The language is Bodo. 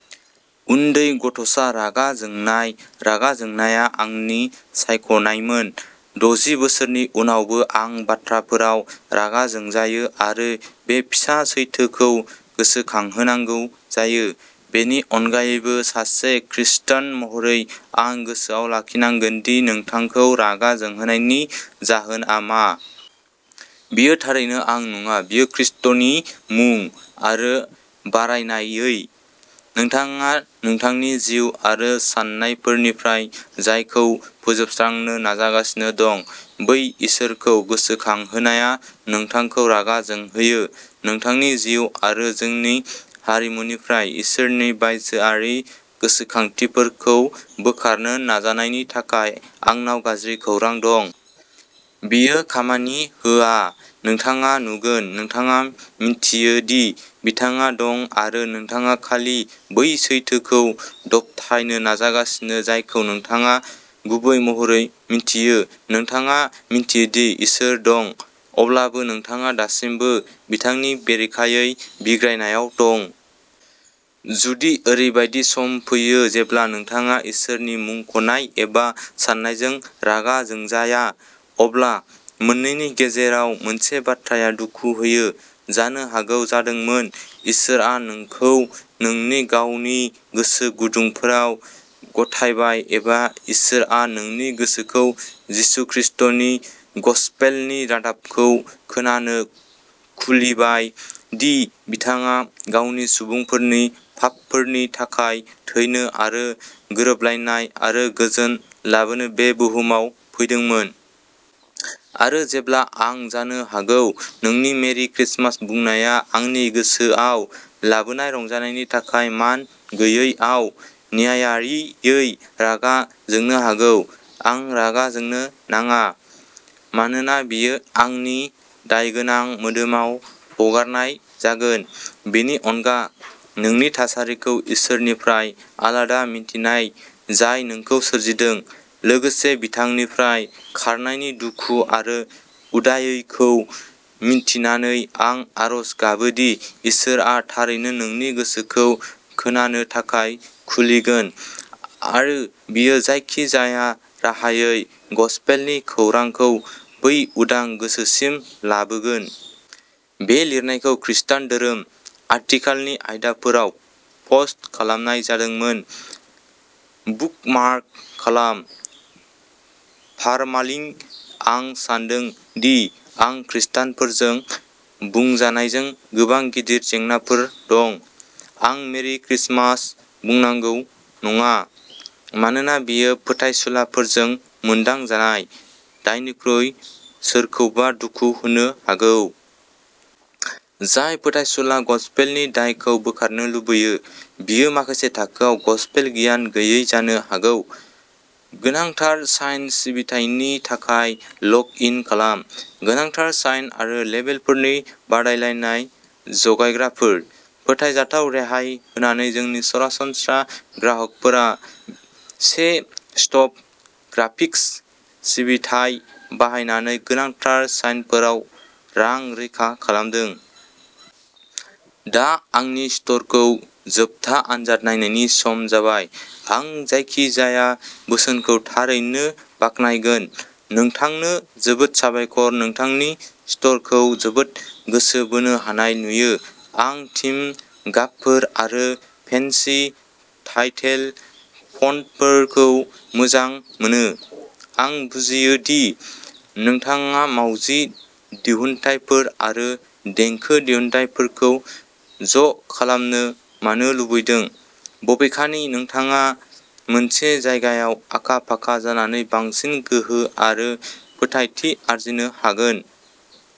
उन्दै गथ'सा, रागा जोंनाय रागा जोंनाया आंनि सायख'नायमोन। दजि बोसोरनि उनावबो आं बाथ्राफोराव रागा जोंजायो आरो बे फिसा सैथोखौ गोसोखांहोनांगौ जायो। बेनि अनगायैबो, सासे खृस्टान महरै, आं गोसोआव लाखिनांगोन दि नोंथांखौ' रागा जोंहोनाय'नि जाहोनआ मा। बेयो थारैनो आं नङा, बेयो खृस्टनि मुं, आरो बारायनायै, नोंथाङा नोंथांनि जिउ आरो साननायफोरनिफ्राय जायखौ फोजोबस्रांनो नाजागासिनो दं, बै इसोरखौ गोसोखांहोनाया नोंथांखौ रागा जोंहोयो। नोंथांनि जिउ आरो जोंनि हारिमुनिफ्राय इसोरनि बायजोआरि गोसोखांथिफोरखौ बोखारनो नाजानायनि थाखाय आंनाव गाज्रि खौरां दं। बेयो खामानि होआ। नोंथाङा नुगोन, नोंथाङा मिन्थियो दि बिथाङा दं आरो नोंथाङा खालि बै सैथोखौ दबथायनो नाजागासिनो जायखौ नोंथाङा गुबै महरै मिन्थियो। नोंथाङा मिन्थियोदि इसोर दं, अब्लाबो नोंथाङा दासिमबो बिथांनि बेरेखायै बिग्रायनायाव दं। जुदि ओरैबायदि सम फैयो जेब्ला नोंथाङा इसोरनि मुंख'नाय एबा साननायजों रागा जोंजाया, अब्ला मोननैनि गेजेराव मोनसे बाथ्राया दुखु होयो। जानो हागौ जादोंमोन। इसोरआ नोंखौ नोंनि गावनि गोसो गुदुंफोराव गथायबाय एबा इसोरआ नोंनि गोसोखौ जिसु खृष्टनि गसपेलनि रादाबखौ खोनानो खुलिबाय दि बिथाङा गावनि सुबुंफोरनि पापफोरनि थाखाय थैनो आरो गोरोबलायनाय आरो गोजोन लाबोनो बे बुहुमाव फैदोंमोन। आरो जेब्ला आं जानो हागौ नोंनि मेरि क्रिसमास बुंनाया आंनि गोसोआव लाबोनाय रंजानायनि थाखाय मान गैयैआव न्यायारियै रागा जोंनो हागौ, आं रागा जोंनो नाङा, मानोना बेयो आंनि दायगोनां मोदोमाव हगारनाय जागोन। बेनि अनगा, नोंनि थासारिखौ इसोरनिफ्राय आलादा मिन्थिनाय जाय नोंखौ सोरजिदों, लोगोसे बिथांनिफ्राय खारनायनि दुखु आरो उदायैखौ मिन्थिनानै, आं आरज गाबोदि इसोरआ थारैनो नोंनि गोसोखौ खोनानो थाखाय खुलिगोन, आरो बियो जायखिजाया राहायै गसपेलनि खौरांखौ बै उदां गोसोसिम लाबोगोन। बे लिरनायखौ खृस्टान धोरोम, आथिखालनि आयदाफोराव पस्ट खालामनाय जादोंमोन। बुकमार्क खालाम। पार्मालिंक आं सान्दों दि आं खृष्टानफोरजों बुंजानायजों गोबां गिदिर जेंनाफोर दं, आं मेरि क्रिसमास बुंनांगौ नङा, मानोना बेयो फोथायसुलाफोरजों मोनदां जानाय' दायनिख्रुइ सोरखौबा दुखु होनो हागौ। जाय फोथायसुला गसपेलनि दायखौ बोखारनो लुबैयो, बियो माखासे थाखोआव गसपेल गियान गैयै जानो हागौ। गोनांथार साइन सिबिथायनि थाखाय लग इन खालाम। गोनांथार साइन आरो लेबेलफोरनि बादायलायनाय जगायग्राफोर। फोथायजाथाव रेहाय होनानै जोंनि सरासनस्रा ग्राहकफोरा से स्टप ग्राफिक्स सिबिथाइ बाहायनानै गोनांथार साइनफोराव रां रैखा खालामदों। दा आंनि स्ट'रखौ जोबथा आनजाद नायनायनि सम जाबाय। आं जायखिजाया बोसोनखौ थारैनो बाख्नायगोन। नोंथांनो जोबोद साबायखर नोंथांनि स्ट'रखौ जोबोद गोसो बोनो हानाय नुयो। आं थीम गाबफोर आरो फेन्सि टाइटेल फन्टफोरखौ मोजां मोनो। आं बुजियो दि नोंथाङा मावजि दिहुनथायफोर आरो देंखो दिहुनथायफोरखौ ज'खालामनो मानो लुबैदों, बबेखानि नोंथाङा मोनसे जायगायाव आखा-फाखा जानानै बांसिन गोहो आरो फोथायथि आरजिनो हागोन।